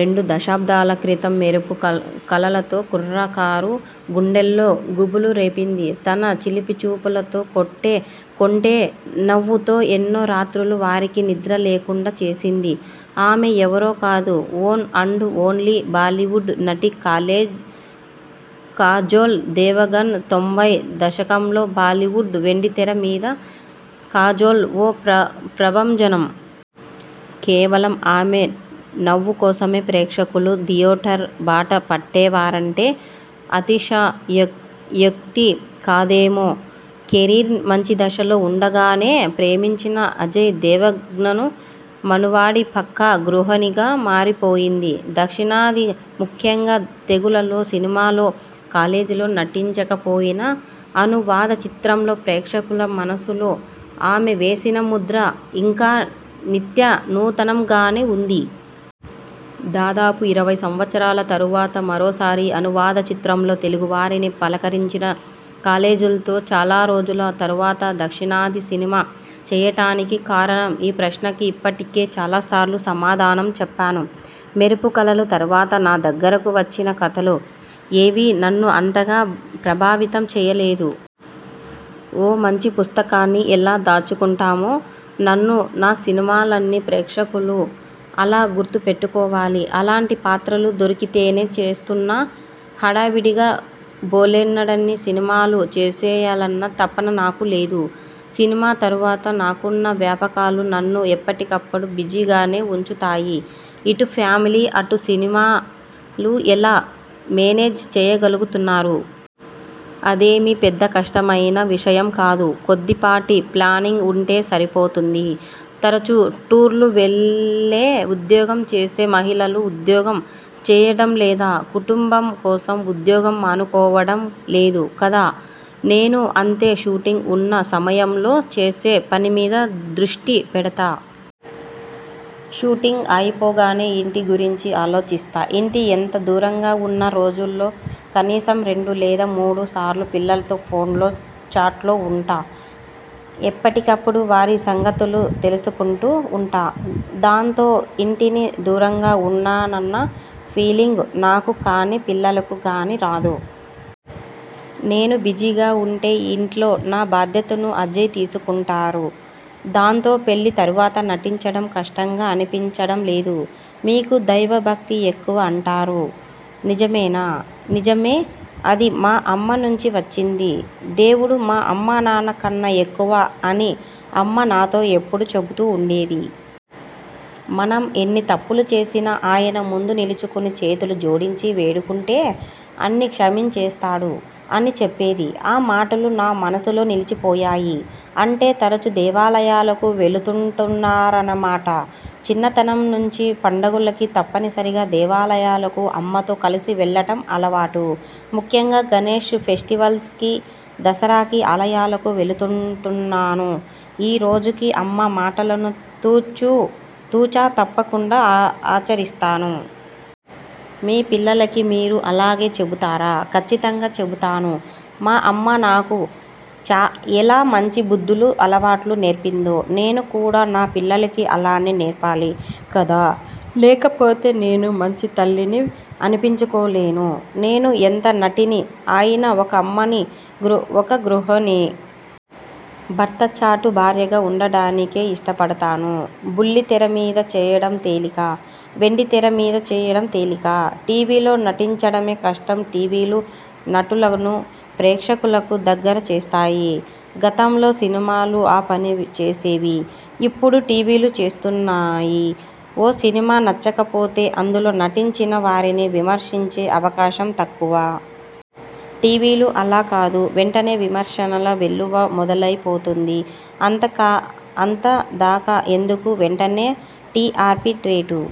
రెండు దశాబ్దాల క్రితం 'మెరుపు కలలతో' కుర్రకారు గుండెల్లో గుబులు రేపింది. తన చిలిపి చూపులతో, కొంటె నవ్వుతో ఎన్నో రాత్రులు వారికి నిద్ర లేకుండా చేసింది. ఆమె ఎవరో కాదు ఒన్ అండ్ ఓన్లీ బాలీవుడ్ నటి కాజోల్ దేవగన్. తొంభై దశకంలో బాలీవుడ్ వెండితెర మీద కాజోల్ ఓ ప్రభంజనం. కేవలం ఆమె నవ్వు కోసమే ప్రేక్షకులు థియేటర్ బాట పట్టేవారంటే అతిశయోక్తి కాదేమో! కెరీర్ మంచి దశలో ఉండగానే ప్రేమించిన అజయ్ దేవగన్ను మనువాడి పక్కా గృహిణిగా మారిపోయింది. దక్షిణాదిన ముఖ్యంగా తెలుగులో సినిమాలో కాజోల్ నటించకపోయినా అనువాద చిత్రంతో ప్రేక్షకుల మనసులో ఆమె వేసిన ముద్ర ఇంకా నిత్యనూతనంగానే ఉంది. దాదాపు ఇరవై సంవత్సరాల తరువాత మరోసారి అనువాద చిత్రంతో తెలుగువారిని పలకరించిన కాజోల్తో చాలారోజుల తరువాత దక్షిణాది సినిమా చేయడానికి కారణం? ఈ ప్రశ్నకి ఇప్పటికే చాలాసార్లు సమాధానం చెప్పాను. 'మెరుపు కలలు' తరువాత నా దగ్గరకు వచ్చిన కథలు ఏవీ నన్ను అంతగా ప్రభావితం చేయలేదు. ఓ మంచి పుస్తకాన్ని ఎలా దాచుకుంటామో, నన్నూ, నా సినిమాలనీ ప్రేక్షకులు అలా గుర్తు పెట్టుకోవాలి. అలాంటి పాత్రలు దొరికితేనే చేస్తున్నా. హడావిడిగా బోలెడన్ని సినిమాలు చేసేయాలన్న తపన నాకు లేదు. సినిమా తరువాత నాకున్న వ్యాపకాలు నన్ను ఎప్పటికప్పుడు బిజీగానే ఉంచుతాయి. ఇటు ఫ్యామిలీ, అటు సినిమాలు ఎలా మేనేజ్ చేయగలుగుతున్నారు? అదేమీ పెద్ద కష్టమైన విషయం కాదు. కొద్దిపాటి ప్లానింగ్ ఉంటే సరిపోతుంది. తరచూ టూర్లు వెళ్ళే ఉద్యోగం చేసే మహిళలు ఉద్యోగం చేయడం లేదా? కుటుంబం కోసం ఉద్యోగం మానుకోవడం లేదు కదా! నేనూ అంతే! షూటింగ్ ఉన్న సమయంలో చేసే పనిమీద దృష్టి పెడతా. షూటింగ్ అయిపోగానే ఇంటి గురించి ఆలోచిస్తా. ఇంటికి ఎంత దూరంగా ఉన్నా రోజులో కనీసం రెండు లేదా మూడు సార్లు పిల్లలతో ఫోన్లో టచ్లో ఉంటా! ఎప్పటికప్పుడు వారి సంగతులు తెలుసుకుంటూ ఉంటా! దాంతో ఇంటికి దూరంగా ఉన్నానన్న ఫీలింగ్ నాకు కానీ, పిల్లలకు కానీ రాదు. నేను బిజీగా ఉంటే ఇంట్లో నా బాధ్యతను అజయ్ తీసుకుంటారు. దాంతో పెళ్ళి తరువాత నటించడం కష్టంగా అనిపించడం లేదు. మీకు దైవభక్తి ఎక్కువ అంటారు నిజమేనా? నిజమే. అది మా అమ్మ నుంచి వచ్చింది. దేవుడు అమ్మానాన్న కన్నా ఎక్కువ అని అమ్మ నాతో ఎప్పుడూ చెబుతూ ఉండేది. మనం ఎన్ని తప్పులు చేసినా ఆయన ముందు నిలుచుని చేతులు జోడించి వేడుకుంటే అన్నీ క్షమించేస్తాడు అని చెప్పేది. ఆ మాటలు నా మనసులో నిలిచిపోయాయి. అంటే తరచూ దేవాలయాలకు వెడుతుంటారన్నమాట? చిన్నతనం నుంచి పండుగలకి తప్పనిసరిగా దేవాలయాలకు అమ్మతో కలిసి వెళ్ళడం అలవాటు. ముఖ్యంగా గణేష్ ఫెస్టివల్కీ, దసరాకి ఆలయాలకు వెడుతుంటాను ఈ రోజుకీ అమ్మ మాటలను తూచా తప్పకుండా ఆచరిస్తాను. మీ పిల్లలకు మీరూ అలాగే చెబుతారా? కచ్చితంగా చెబుతాను. మా అమ్మ నాకు ఎలా మంచి బుద్ధులు, అలవాట్లూ నేర్పిందో, నేను కూడా నా పిల్లలకు అలానే నేర్పాలి కదా! లేకపోతే నేను మంచి తల్లిని అనిపించుకోలేను. నేను ఎంత నటిని అయినా ఒక అమ్మనీ, ఒక గృహిణినీ. భర్తచాటు భార్యగా ఉండడానికే ఇష్టపడతాను. బుల్లి తెర మీద చేయడం తేలికా? వెండితెర మీద చేయడం తేలికా? టీవీలో నటించడమే కష్టం. టీవీలు నటులను ప్రేక్షకులకు దగ్గర చేస్తాయి. గతంలో సినిమాలు ఆ పని చేసేవి. ఇప్పుడు టీవీలు చేస్తున్నాయి. ఓ సినిమా నచ్చకపోతే అందులో నటించిన వారిని విమర్శించే అవకాశం తక్కువ. టీవీలు అలా కాదు. వెంటనే విమర్శల వెల్లువ మొదలైపోతుంది. అంతదాకా ఎందుకు? వెంటనే టిఆర్పీ రేటు